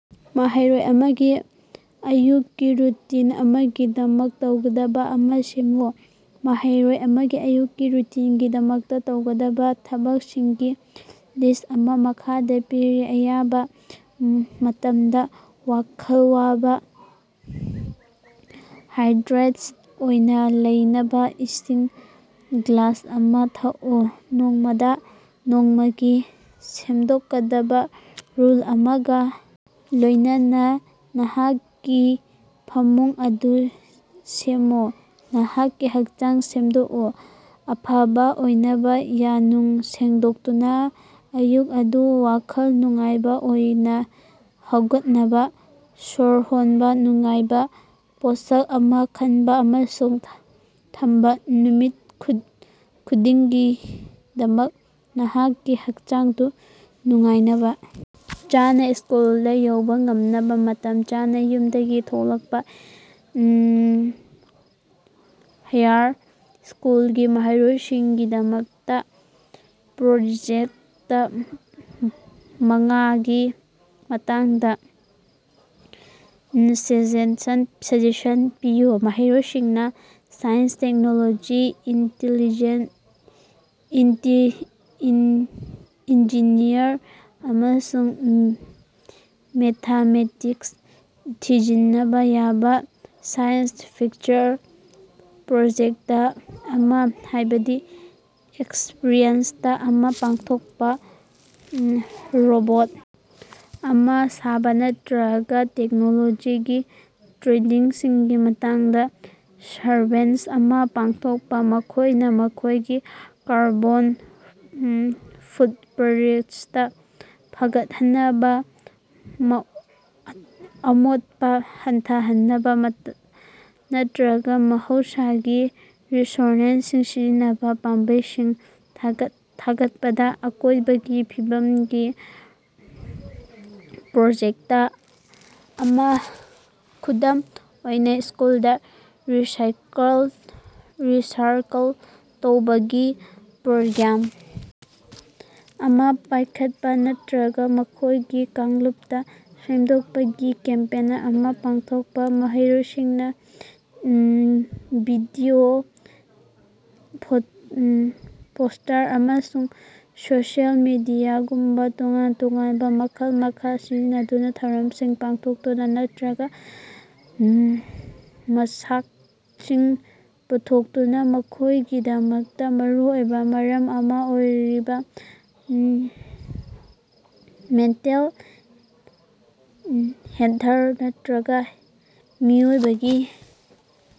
ꯃꯍꯩꯔꯣꯏ ꯑꯃꯒꯤ ꯑꯌꯨꯛꯀꯤ ꯔꯨꯇꯤꯟ ꯑꯃꯒꯤꯗꯃꯛ ꯇꯧꯒꯗꯕ ꯑꯃ ꯁꯦꯝꯃꯨ꯫ ꯃꯍꯩꯔꯣꯏ ꯑꯃꯒꯤ ꯑꯌꯨꯛꯀꯤ ꯔꯨꯇꯤꯟꯒꯤꯗꯃꯛ ꯇꯧꯒꯗꯕꯥ ꯊꯕꯛꯁꯤꯡꯒꯤ ꯂꯤꯁ꯭ꯠ ꯑꯃ ꯃꯈꯥꯗ ꯄꯤꯔꯤ: ꯑꯌꯥꯝꯕꯥ ꯃꯇꯝꯗꯥ ꯋꯥꯈꯜ ꯋꯥꯕꯥ ꯍꯥꯏꯗ꯭ꯔꯦꯠ ꯑꯣꯏꯅꯥ ꯂꯩꯅꯕꯥ ꯏꯁꯤꯡ ꯒ꯭ꯂꯥꯁ ꯑꯃ ꯊꯛꯎ꯫ ꯅꯣꯡꯃꯒꯤ ꯁꯦꯡꯗꯣꯛꯀꯗꯕ ꯔꯨꯝ ꯑꯃꯒ ꯂꯣꯢꯅꯅ ꯅꯍꯥꯛꯀꯤ ꯐꯃꯨꯡ ꯑꯗꯨ ꯁꯦꯝꯃꯨ ꯅꯍꯥꯛꯀꯤ ꯍꯛꯆꯥꯡ ꯁꯦꯡꯗꯣꯛꯎ ꯫ ꯑꯐꯕ ꯑꯣꯏꯅꯕ ꯌꯥ ꯅꯨꯡ ꯁꯦꯡꯗꯣꯛꯇꯨꯅ ꯑꯌꯨꯛ ꯑꯗꯨ ꯋꯥꯈꯜ ꯅꯨꯡꯉꯥꯏꯕ ꯑꯣꯏꯅ ꯍꯧꯅꯕꯥ ꯁꯣꯔ ꯍꯣꯟꯕ ꯅꯨꯡꯉꯥꯏꯕ ꯄꯣꯠꯁꯛ ꯑꯃ ꯈꯟꯕ ꯑꯃꯁꯨꯡ ꯊꯝꯕ ꯅꯨꯃꯤꯠ ꯑꯗꯨꯒꯤꯗꯃꯛ ꯅꯍꯥꯛꯀꯤ ꯍꯛꯆꯥꯡꯗ ꯅꯨꯡꯉꯥꯏꯅꯕ ꯆꯥꯅꯥ ꯁ꯭ꯀꯨꯜꯗꯥ ꯌꯧꯕꯥ ꯉꯝꯅꯕ ꯃꯇꯝ ꯆꯥꯅꯥ ꯌꯨꯝꯗꯒꯤ ꯊꯣꯔꯛꯄꯥ꯫ ꯍꯥꯌꯔ ꯁ꯭ꯀꯨꯜꯒꯤ ꯃꯍꯩꯔꯣꯢꯁꯤꯡꯒꯤꯗꯃꯛꯇ ꯄ꯭ꯔꯣꯖꯦꯛꯇ ꯃꯉꯥꯒꯤ ꯃꯇꯥꯡꯗ ꯁꯖꯦꯁꯟ ꯄꯤꯌꯨ꯫ ꯃꯍꯩꯔꯣꯏꯁꯤꯡꯅ ꯁꯥꯏꯟꯁ, ꯇꯦꯛꯅꯣꯂꯣꯖꯤ, ꯏꯟꯖꯤꯅꯤꯌꯔꯤꯡ ꯑꯃꯁꯨꯡ ꯃꯦꯊꯃꯦꯇꯤꯛꯁ ꯊꯤꯖꯤꯟꯕ ꯌꯥꯕꯥ ꯁꯥꯏꯟꯁ ꯐꯦꯌꯔ ꯄ꯭ꯔꯣꯖꯦꯛꯇ ꯑꯃ ꯍꯥꯢꯕꯗꯤ ꯑꯦꯛꯁꯄꯔꯤꯃꯦꯟꯇ ꯑꯃꯥ ꯄꯥꯡꯊꯣꯛꯄ ꯔꯣꯕꯣꯠ ꯑꯃ ꯁꯥꯕ ꯅꯠꯇ꯭ꯔꯒ ꯇꯦꯛꯅꯣꯂꯣꯖꯤꯒꯤ ꯇ꯭ꯔꯦꯟꯗꯁꯤꯡꯒꯤ ꯃꯇꯥꯡꯗꯥ ꯁꯔꯚꯦ ꯑꯃꯥ ꯄꯥꯡꯊꯣꯛꯄ꯫ ꯃꯈꯣꯢꯅ ꯃꯈꯣꯢꯒꯤ ꯀꯥꯔꯕꯣꯟ ꯐꯨꯠꯄ꯭ꯔꯤꯟꯇ ꯐꯒꯠꯍꯟꯅꯕ ꯑꯃꯣꯠꯄꯥ ꯍꯟꯊꯍꯟꯅꯕ ꯅꯠꯇ꯭ꯔꯒ ꯃꯍꯧꯁꯥꯒꯤ ꯔꯤꯁꯣꯔꯁꯁꯤꯡ ꯁꯤꯖꯤꯟꯅꯕ ꯄꯥꯝꯕꯩꯁꯤꯡ ꯊꯤꯒꯗꯕꯥ ꯑꯀꯣꯢꯕꯒꯤ ꯐꯤꯕꯝꯒꯤ ꯄ꯭ꯔꯣꯖꯦꯛꯇ ꯑꯃꯥ, ꯈꯨꯗꯝ ꯑꯣꯏꯅ ꯁ꯭ꯀꯨꯜꯗ ꯔꯤꯁꯥꯏꯀꯜ ꯇꯧꯕꯒꯤ ꯄ꯭ꯔꯣꯒ꯭ꯔꯥꯝ ꯑꯃ ꯄꯥꯢꯈꯠꯄ ꯅꯠꯇ꯭ꯔꯒꯥ ꯃꯈꯣꯢꯒꯤ ꯀꯥꯡꯂꯨꯞꯇ ꯁꯦꯡꯗꯣꯛꯄꯒꯤ ꯀꯦꯝꯄꯦꯟ ꯑꯃ ꯄꯥꯡꯊꯣꯛꯄꯥ꯫ ꯃꯍꯩꯔꯣꯏꯁꯤꯡꯅꯥ ꯚꯤꯗꯤꯑꯣ, ꯄꯣꯁ꯭ꯇꯔ, ꯑꯃꯁꯨꯡ ꯁꯣꯁꯤꯑꯦꯜ ꯃꯤꯗꯤꯌꯥꯒꯨꯝꯕꯥ ꯇꯣꯉꯥꯟ-ꯇꯣꯉꯥꯟꯕꯥ ꯃꯈꯜ ꯀꯌꯥ ꯁꯤꯖꯤꯟꯅꯗꯨꯅ ꯊꯧꯔꯝꯁꯤꯡ ꯄꯥꯡꯊꯣꯛꯇꯨꯅ ꯅꯠꯇ꯭ꯔꯒꯥ ꯃꯆꯥꯛꯁꯤꯡ ꯄꯨꯊꯣꯛꯇꯨꯅ ꯃꯈꯣꯢꯒꯤꯗꯃꯛꯇ ꯃꯔꯨꯑꯣꯏꯕ ꯃꯔꯝ ꯑꯃ ꯑꯣꯏꯔꯤꯕꯥ ꯃꯦꯟꯇꯦꯜ ꯍꯦꯜꯊꯔ ꯅꯠꯇ꯭ꯔꯒ ꯃꯤꯑꯣꯏꯕꯒꯤ